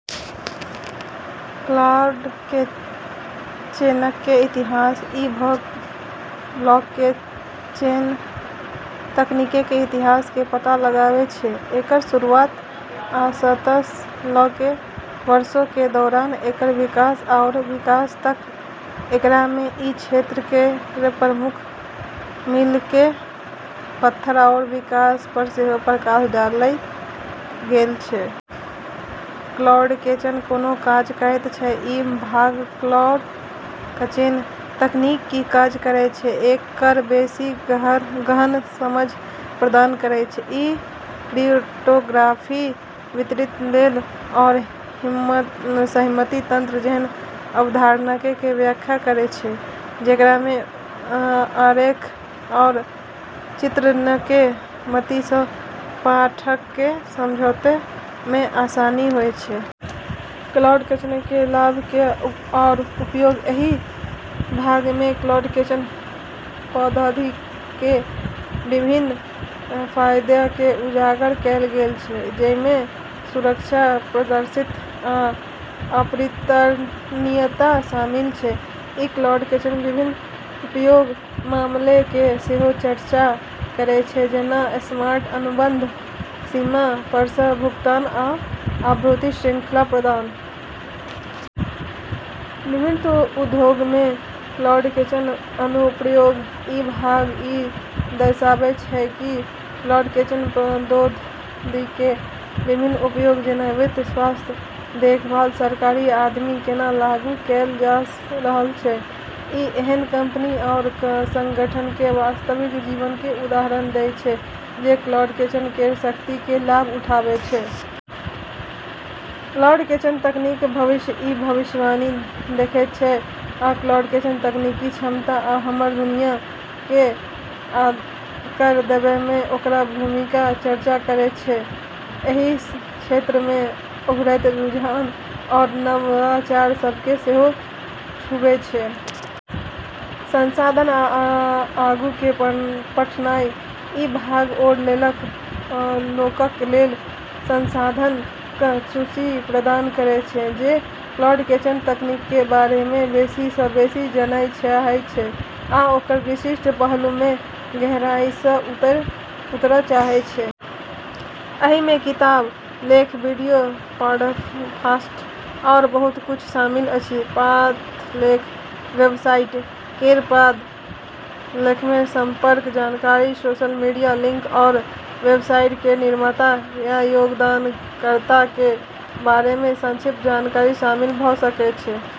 ब्लॉकचेनके इतिहास: ई भाग ब्लॉकचेन तकनीकके इतिहास के पता लगाबै छै, एकर शुरूआतसँ ल' क' वर्षोके दौरान एकर विकास आओर विकास तक। एकरामे ई क्षेत्र केर प्रमुख मीलके पत्थर आओर विकास पर सेहो प्रकाश डालल गेल छै। ब्लॉकचेन कोना काज करैत छै: ई भाग ब्लॉकचेन तकनीक की काज करैत छै, एकर बेशी गहन समझ प्रदान करैत छै । ई क्रिप्टोग्राफी, वितरित लेजर, आओर सहमति तंत्र जेहन अवधारणाके व्याख्या करै छै, जेकरामे आरेख आओर चित्रणके मदति सँ पाठकके समझैमे आसानी होइ छै। ब्लॉकचेनके लाभ आ उपयोग: एहि भागमे ब्लॉकचेन प्रौद्योगिकीके विभिन्न फाइदाके उजागर कैल गेल छै, जइमे सुरक्षा, पारदर्शिता, आ अपरिवर्तनीयता शामिल छै । ई ब्लॉकचेनके विभिन्न उपयोग मामलाके सेहो चर्चा करैत छै, जेना स्मार्ट अनुबंध, सीमा पारसँ भुगतान, आ आपूर्ति श्रृंखला प्रबंधन । विभिन्न उद्योगमे ब्लॉकचेन अनुप्रयोग: ई भाग ई दर्शाबय छै कि ब्लॉकचेन प्रौद्योगिकीके विभिन्न उद्योग जेना वित्त, स्वास्थ्य देखभाल, सरकारी, आदिमे कोना लागू कैल जा रहल छै । ई एहन कंपनी आओर संगठनके वास्तविक जीवनके उदाहरण दै छै जे ब्लॉकचेन केर शक्तिके लाभ उठाबै छै। ब्लॉकचेन तकनीकके भविष्य: ई भाग भविष्यके देखैत छै आ ब्लॉकचेन तकनीकके क्षमता आ हमर दुनियाके आकार देबयमे ओकर भूमिकाके चर्चा करैत छै । एहि क्षेत्रमे उभरैत रुझान आओर नवाचार सबके सेहो छूबै छै। संसाधन आ आगूके पढ़नाइ: ई भाग ओए लोकक लेल संसाधनक सूची प्रदान करैत छै जे ब्लॉकचेन तकनीकके बारेमे बेशी बेसि जानय चाहय छै या ओकर विशिष्ट पहलुमे गहराइसँ उतरय चाहय छै । एहिमे किताब, लेख, वीडियो, पॉडकास्ट, आओर बहुत किछु शामिल अछि । पाद लेख: वेबसाइट केर पाद लेखमे संपर्क जानकारी, सोशल मीडिया लिंक, आओर वेबसाइट केर निर्माता या योगदानकर्ताके बारेमे संक्षिप्त जानकारी शामिल भ' सकै छै।